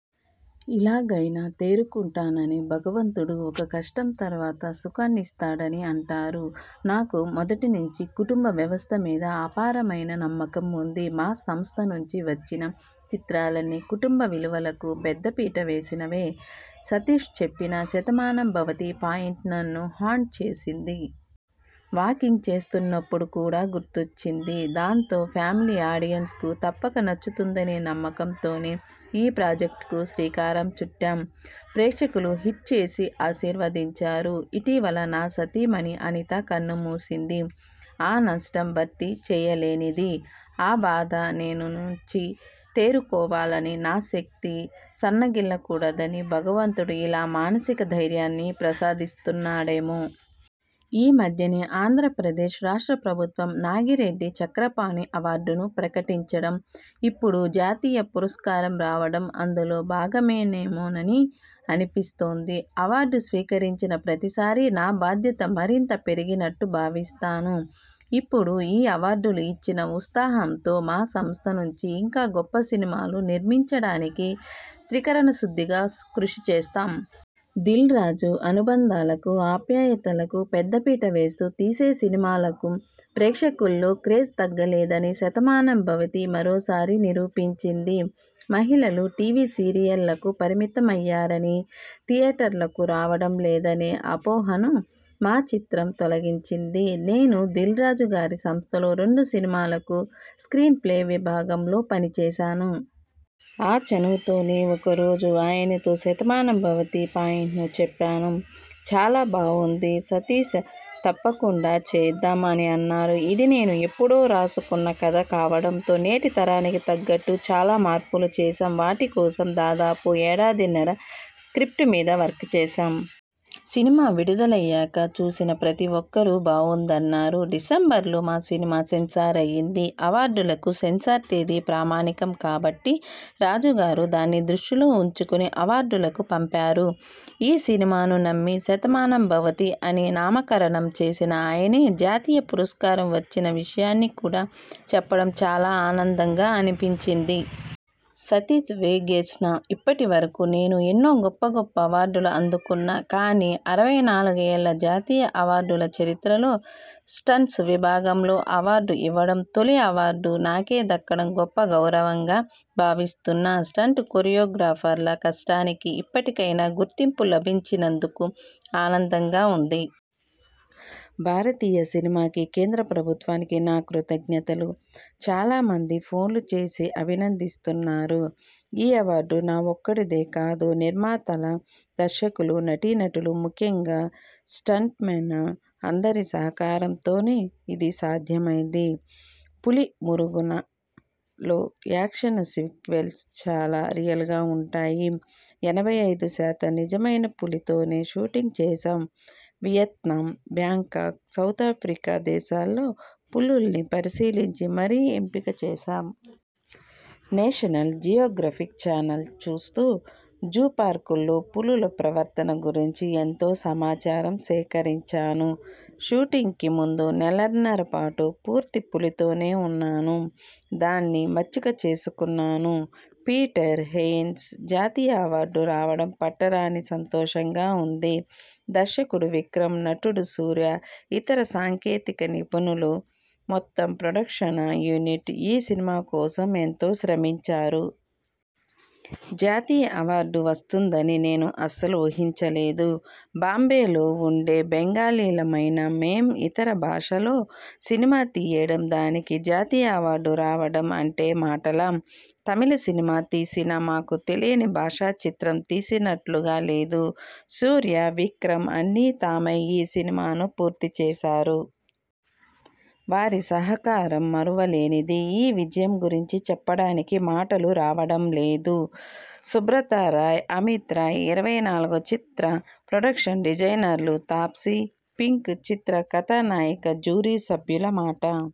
ఇలాగైనా తేరుకుంటానని.. భగవంతుడు ఒక కష్టం తర్వాత సుఖాన్నిస్తాడని అంటారు. నాకు మొదటి నుంచీ కుటుంబ వ్యవస్థమీద అపారమైన నమ్మకం ఉంది. మా సంస్థ నుంచి వచ్చిన చిత్రాలన్నీ కుటుంబ విలువలకు పెద్దపీట వేసినవే. సతీశ్ చెప్పిన 'శతమానం భవతి' పాయింట్ నన్ను హాంట్ చేసింది. వాకింగ్ చేస్తున్నప్పుడు కూడా గుర్తొచ్చింది. దాంతో ఫ్యామిలీ ఆడియన్స్ కు తప్పక నచ్చుతుందనే నమ్మకం తోనే ఈ ప్రాజెక్ట్కు శ్రీకారం చుట్టాం. ప్రేక్షకులు హిట్ చేసి ఆశీర్వదించారు. ఇటీవల నా సతీమణి అనిత కన్నుమూసింది. ఆ నష్టం భర్తీ చేయలేనిది. ఆ బాధ నేను నుంచి తేరుకోవాలని, నా శక్తి సన్నగిల్లకూడదని భగవంతుడు ఇలా మానసిక ధైర్యాన్ని ప్రసాదిస్తున్నాడేమో.. ఈ మధ్యనే ఆంధ్రప్రదేశ్ రాష్ట్ర ప్రభుత్వం నాగిరెడ్డి చక్రపాణి అవార్డును ప్రకటించడం, ఇప్పుడు జాతీయ పురస్కారం రావడం అందులో భాగమేనేమోనని అనిపిస్తోంది. అవార్డు స్వీకరించిన ప్రతిసారీ నా బాధ్యత మరింత పెరిగినట్టు భావిస్తాను. ఇప్పుడు ఈ అవార్డులు ఇచ్చిన ఉత్సాహంతో మా సంస్థ నుంచి ఇంకా గొప్ప సినిమాలు నిర్మించడానికి త్రికరణ శుద్ధిగా కృషి చేస్తాం. దిల్రాజు అనుబంధాలకు, ఆప్యాయతలకు పెద్దపీట వేస్తూ తీసే సినిమాలకు ప్రేక్షకుల్లో క్రేజ్ తగ్గలేదని 'శతమానం భవతి' మరోసారి నిరూపించింది. మహిళలు టీవీ సీరియళ్లకు పరిమితమయ్యారని, థియేటర్లకు రావడం లేదనే అపోహను మా చిత్రం తొలగించింది. నేను దిల్రాజు గారి సంస్థలో రెండు సినిమాలకు స్ర్కీన్ ప్లే విభాగంలో పనిచేశాను. ఆ చనువుతోనే ఒకరోజు ఆయనతో 'శతమానం భవతి' పాయింట్ను చెప్పాను. 'చాలా బావుంది సతీశ తప్పకుండా చేద్దాం' అని అన్నారు. ఇది నేను ఎప్పుడో రాసుకున్న కథ కావడంతో నేటి తరానికి తగ్గట్టు చాలా మార్పులు చేశాం. వాటికోసం దాదాపు ఏడాదిన్నర స్ర్కిప్ట్ మీద వర్క్ చేశాం. సినిమా విడుదలయ్యాక చూసిన ప్రతి ఒక్కరూ బావుందన్నారు. డిసెంబర్లో మా సినిమా సెన్సార్ అయింది. అవార్డులకు సెన్సార్ తేదీ ప్రామాణికం కాబట్టి రాజుగారు దాన్ని దృష్టిలో ఉంచుకుని అవార్డులకు పంపారు. ఈ సినిమాను నమ్మి, 'శతమానం భవతి' అని నామకరణం చేసిన ఆయనే జాతీయ పురస్కారం వచ్చిన విషయాన్ని కూడా చెప్పడం చాలా ఆనందంగా అనిపించింది. సతీశ్ వేగేశ్న ఇప్పటి వరకు నేను ఎన్నో గొప్ప గొప్ప అవార్డులు అందుకున్నా. కానీ, అరవై నాలుగు ఏళ్ల జాతీయ అవార్డుల చరిత్రలో స్టంట్స్ విభాగంలో అవార్డు ఇవ్వడం, తొలి అవార్డు నాకే దక్కడం గొప్ప గౌరవంగా భావిస్తున్నా స్టంట్ కొరియోగ్రాఫర్ల కష్టానికి ఇప్పటికైనా గుర్తింపు లభించినందుకు ఆనందంగా ఉంది. భారతీయ సినిమాకి, కేంద్ర ప్రభుత్వానికి నా కృతజ్ఞతలు. చాలా మంది ఫోన్లు చేసి అభినందిస్తున్నారు. ఈ అవార్డు నా ఒక్కదిడే కాదు. నిర్మాతల, దర్శకులు, నటీనటులు, ముఖ్యంగా స్టంట్మెన అందరి సహకారంతోనే ఇది సాధ్యమైంది. 'పులిమురుగన'లో యాక్షన సీక్వెల్స్ చాలా రియల్గా ఉంటాయి. ఎనభై ఐదు శాతం నిజమైన పులితోనే షూటింగ్ చేశాం వియత్నాం, బ్యాంకాంగ్, సౌతాఫ్రికా దేశాల్లో పులుల్ని పరిశీలించి మరీ ఎంపిక చేశాం. నేషనల్ జియోగ్రఫిక్ ఛానల్ చూస్తూ, జూ పార్కుల్లో పులుల ప్రవర్తన గురించి ఎంతో సమాచారం సేకరించాను. షూటింగ్కి ముందు నెలన్నర పాటు పూర్తి పులితోనే ఉన్నాను. దాన్ని మచ్చిక చేసుకున్నాను. పీటర్ హెయిన్స్ జాతీయ అవార్డు రావడం పట్టరాని సంతోషంగా వుంది. దర్శకుడు విక్రమ్, నటుడు సూర్య, ఇతర సాంకేతిక నిపుణులు, మొత్తం ప్రొడక్షన యూనిట్ ఈ సినిమా కోసం ఎంతో శ్రమించారు. జాతీయ అవార్డు వస్తుందని నేను అస్సలు ఊహించలేదు. బాంబేలో వుండే బెంగాలీలమైన మేం ఇతర భాషలో సినిమా తీయడం, దానికి జాతీయ అవార్డు రావడం అంటే మాటలా? తమిళ సినిమా తీసినా మాకు తెలియని భాషా చిత్రం తీసినట్లుగా లేదు. సూర్య, విక్రమ్ అన్నీ తామై ఈ సినిమాను పూర్తి చేశారు. వారి సహకారం మరువలేనిది. ఈ విజయం గురించి చెప్పడానికి మాటలు రావడం లేదు. సుబ్రతారాయ్, అమిత్ రాయ్, 'ఇరవై నాలుగు' చిత్ర ప్రొడక్షన్ డిజైనర్లు తాప్సీ, 'పింక్' చిత్ర కథానాయికజ్యూరీ సభ్యుల మాట